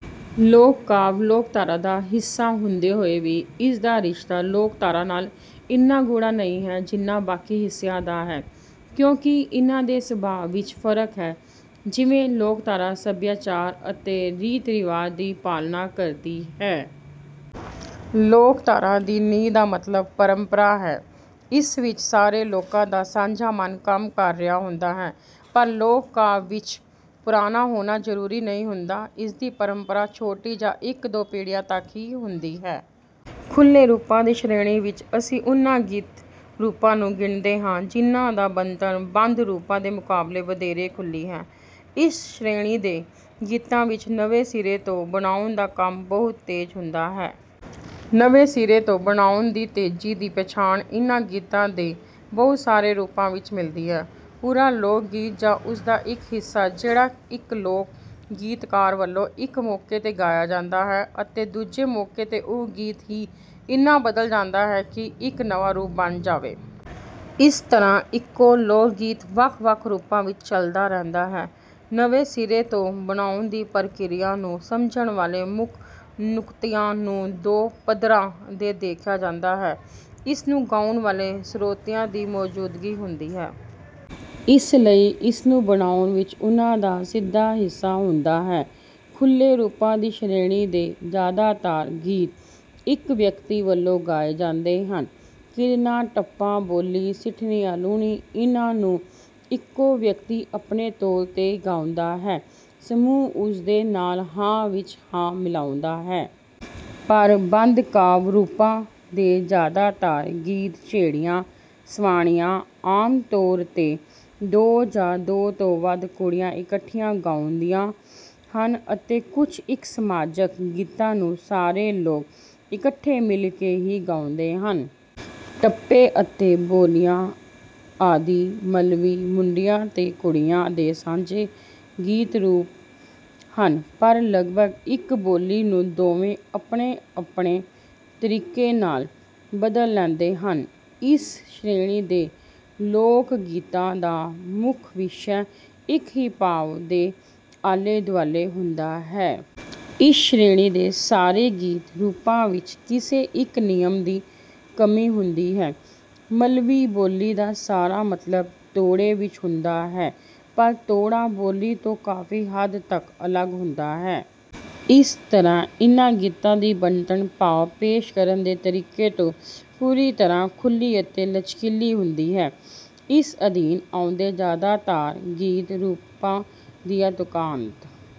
ਲੋਕ ਕਾਵਿ ਲੋਕਧਾਰਾ ਦਾ ਹਿੱਸਾ ਹੁੰਦੇ ਹੋਏ ਵੀ ਇਸਦਾ ਰਿਸ਼ਤਾ ਲੋਕਧਾਰਾ ਨਾਲ ਇੰਨਾ ਗੂੜ੍ਹਾ ਨਹੀਂ ਜਿੰਨਾ ਬਾਕੀ ਹਿੱਸਿਆਂ ਦਾ ਹੈ ਕਿਉਂਕਿ ਇਹਨਾਂ ਦੇ ਸੁਭਾਅ ਵਿੱਚ ਫਰਕ ਹੈ। ਜਿਵੇਂ ਲੋਕਧਾਰਾ ਸੱਭਿਆਚਾਰ ਅਤੇ ਰੀਤ ਰਿਵਾਜ ਦੀ ਪਾਲਣਾ ਕਰਦੀ ਹੈ। ਲੋਕਧਾਰਾ ਦੀ ਨੀਂਹ ਦਾ ਮਤਲਬ ਪਰੰਪਰਾ ਹੈ। ਇਸ ਵਿੱਚ ਸਾਰੇ ਲੋਕਾਂ ਦਾ ਸਾਂਝਾ ਮਨ ਕੰਮ ਕਰ ਰਿਹਾ ਹੁੰਦਾ ਹੈ ਪਰ ਲੋਕ ਕਾਵਿ ਵਿੱਚ ਪੁਰਾਣਾ ਹੋਣਾ ਜ਼ਰੂਰੀ ਨਹੀਂ ਹੁੰਦਾ। ਇਸਦੀ ਪਰੰਪਰਾ ਛੋਟੀ ਜਾਂ ਇੱਕ ਦੋ ਪੀੜੀਆਂ ਤੱਕ ਹੀ ਹੁੰਦੀ ਹੈ। ਖੁੱਲੇ ਰੂਪਾਂ ਦੀ ਸ਼੍ਰੇਣੀ ਵਿੱਚ ਅਸੀਂ ਉਹਨਾਂ ਗੀਤ ਰੂਪਾਂ ਨੂੰ ਗਿਣਦੇ ਹਾਂ ਜਿਨ੍ਹਾਂ ਦਾ ਬਣਤਰ ਬੰਦ ਰੂਪਾਂ ਦੇ ਮੁਕਾਬਲੇ ਵਧੇਰੇ ਖੁੱਲੀ ਹੈ। ਇਸ ਸ਼੍ਰੇਣੀ ਦੇ ਗੀਤਾਂ ਵਿੱਚ ਨਵੇਂ ਸਿਰੇ ਤੋਂ ਬਣਾਉਣ ਦਾ ਕੰਮ ਬਹੁਤ ਤੇਜ਼ ਹੁੰਦਾ ਹੈ। ਨਵੇਂ ਸਿਰੇ ਤੋਂ ਬਣਾਉਣ ਦੀ ਤੇਜ਼ੀ ਦੀ ਪਛਾਣ ਇਹਨਾਂ ਗੀਤਾਂ ਦੇ ਬਹੁਤ ਸਾਰੇ ਰੂਪਾਂ ਵਿੱਚ ਮਿਲਦੀ ਹੈ। ਪੂਰਾ ਲੋਕਗੀਤ ਜਾਂ ਉਸਦਾ ਇੱਕ ਹਿੱਸਾ ਜਿਹੜਾ ਇੱਕ ਲੋਕ ਗੀਤਕਾਰ ਵੱਲੋਂ ਇੱਕ ਮੌਕੇ ਤੇ ਗਾਇਆ ਜਾਂਦਾ ਹੈ ਅਤੇ ਦੂਜੇ ਮੌਕੇ ਤੇ ਉਹ ਗੀਤ ਹੀ ਇੰਨਾ ਬਦਲ ਜਾਂਦਾ ਹੈ ਕਿ ਇੱਕ ਨਵਾਂ ਰੂਪ ਬਣ ਜਾਵੇ। ਇਸ ਤਰ੍ਹਾਂ ਇੱਕੋ ਲੋਕਗੀਤ ਵੱਖ ਵੱਖ ਰੂਪਾਂ ਵਿੱਚ ਚੱਲਦਾ ਰਹਿੰਦਾ ਹੈ। ਨਵੇਂ ਸਿਰੇ ਤੋਂ ਬਣਾਉਣ ਦੀ ਪ੍ਰਕਿਰਿਆ ਨੂੰ ਸਮਝਣ ਵਾਲੇ ਮੁੱਖ ਨੁਕਤਿਆਂ ਨੂੰ ਦੋ ਪੱਧਰਾਂ ਤੇ ਦੇਖਿਆ ਜਾਂਦਾ ਹੈ। ਇਸ ਨੂੰ ਗਾਉਣ ਵੇਲੇ ਸਰੋਤਿਆਂ ਦੀ ਮੌਜੂਦਗੀ ਹੁੰਦੀ ਹੈ। ਇਸ ਲਈ ਇਸਨੂੰ ਬਣਾਉਣ ਵਿੱਚ ਉਹਨਾਂ ਦਾ ਸਿੱਧਾ ਹਿੱਸਾ ਹੁੰਦਾ ਹੈ। ਖੁੱਲੇ ਰੂਪਾਂ ਦੀ ਸ਼੍ਰੇਣੀ ਦੇ ਜ਼ਿਆਦਾਤਰ ਗੀਤ ਇੱਕ ਵਿਅਕਤੀ ਵੱਲੋਂ ਗਾਏ ਜਾਂਦੇ ਹਨ। ਕੀਰਨਾ ਟੱਪਾ ਬੋਲੀ ਸਿੱਠਣੀ ਅਲਾਹੁਣੀ ਇਹਨਾਂ ਨੂੰ ਇੱਕੋ ਵਿਅਕਤੀ ਆਪਣੇ ਤੌਰ ਤੇ ਗਾਉਂਦਾ ਹੈ ਸਮੂਹ ਉਸਦੇ ਨਾਲ ਹਾਂ ਵਿੱਚ ਹਾਂ ਮਿਲਾਉਂਦਾ ਹੈ। ਪਰ ਬੰਦ ਕਾਵਿ ਰੂਪਾਂ ਦੇ ਜ਼ਿਆਦਾਤਰ ਗੀਤ ਝੇੜੀਆਂ ਸਵਾਣੀਆਂ ਆਮ ਤੌਰ ਤੇ ਦੋ ਜਾਂ ਦੋ ਤੋਂ ਵੱਧ ਕੁੜੀਆਂ ਇਕੱਠੀਆਂ ਗਾਉਂਦੀਆਂ ਹਨ ਅਤੇ ਕੁਝ ਇੱਕ ਸਮਾਜਕ ਗੀਤਾਂ ਨੂੰ ਸਾਰੇ ਲੋਕ ਇਕੱਠੇ ਮਿਲ ਕੇ ਹੀ ਗਾਉਂਦੇ ਹਨ। ਟੱਪੇ ਅਤੇ ਬੋਲੀਆਂ ਆਦਿ ਮਲਵਈ ਮੁੰਡਿਆਂ ਤੇ ਕੁੜੀਆਂ ਦੇ ਸਾਂਝੇ ਗੀਤ ਰੂਪ ਹਨ ਪਰ ਲਗਪਗ ਇੱਕ ਬੋਲੀ ਨੂੰ ਦੋਵੇਂ ਆਪਣੇ ਆਪਣੇ ਤਰੀਕੇ ਨਾਲ ਬਦਲ ਲੈਂਦੇ ਹਨ। ਇਸ ਸ਼੍ਰੇਣੀ ਦੇ ਲੋਕਗੀਤਾਂ ਦਾ ਮੁੱਖ ਵਿਸ਼ਾ ਇੱਕ ਹੀ ਭਾਵ ਦੇ ਆਲੇ ਦੁਆਲੇ ਹੁੰਦਾ ਹੈ। ਇਸ ਸ਼੍ਰੇਣੀ ਦੇ ਸਾਰੇ ਗੀਤ ਰੂਪਾਂ ਵਿੱਚ ਕਿਸੇ ਇੱਕ ਨਿਯਮ ਦੀ ਕਮੀ ਹੁੰਦੀ ਹੈ। ਮਲਵਈ ਬੋਲੀ ਦਾ ਸਾਰਾ ਮਤਲਬ ਤੋੜੇ ਵਿੱਚ ਹੁੰਦਾ ਹੈ ਪਰ ਤੋੜਾ ਬੋਲੀ ਤੋਂ ਕਾਫੀ ਹੱਦ ਤੱਕ ਅਲੱਗ ਹੁੰਦਾ ਹੈ। ਇਸ ਤਰ੍ਹਾਂ ਇਹਨਾਂ ਗੀਤਾਂ ਦੀ ਬਣਤਰ ਭਾਵ ਪੇਸ਼ ਕਰਨ ਦੇ ਤਰੀਕੇ ਤੋਂ ਪੂਰੀ ਤਰ੍ਹਾਂ ਖੁੱਲੀ ਅਤੇ ਲਚਕੀਲੀ ਹੁੰਦੀ ਹੈ। ਇਸ ਅਧੀਨ ਆਉਂਦੇ ਜ਼ਿਆਦਾਤਰ ਗੀਤ ਰੂਪਾਂ ਦੀਆਂ ਤੁਕਾਂਤ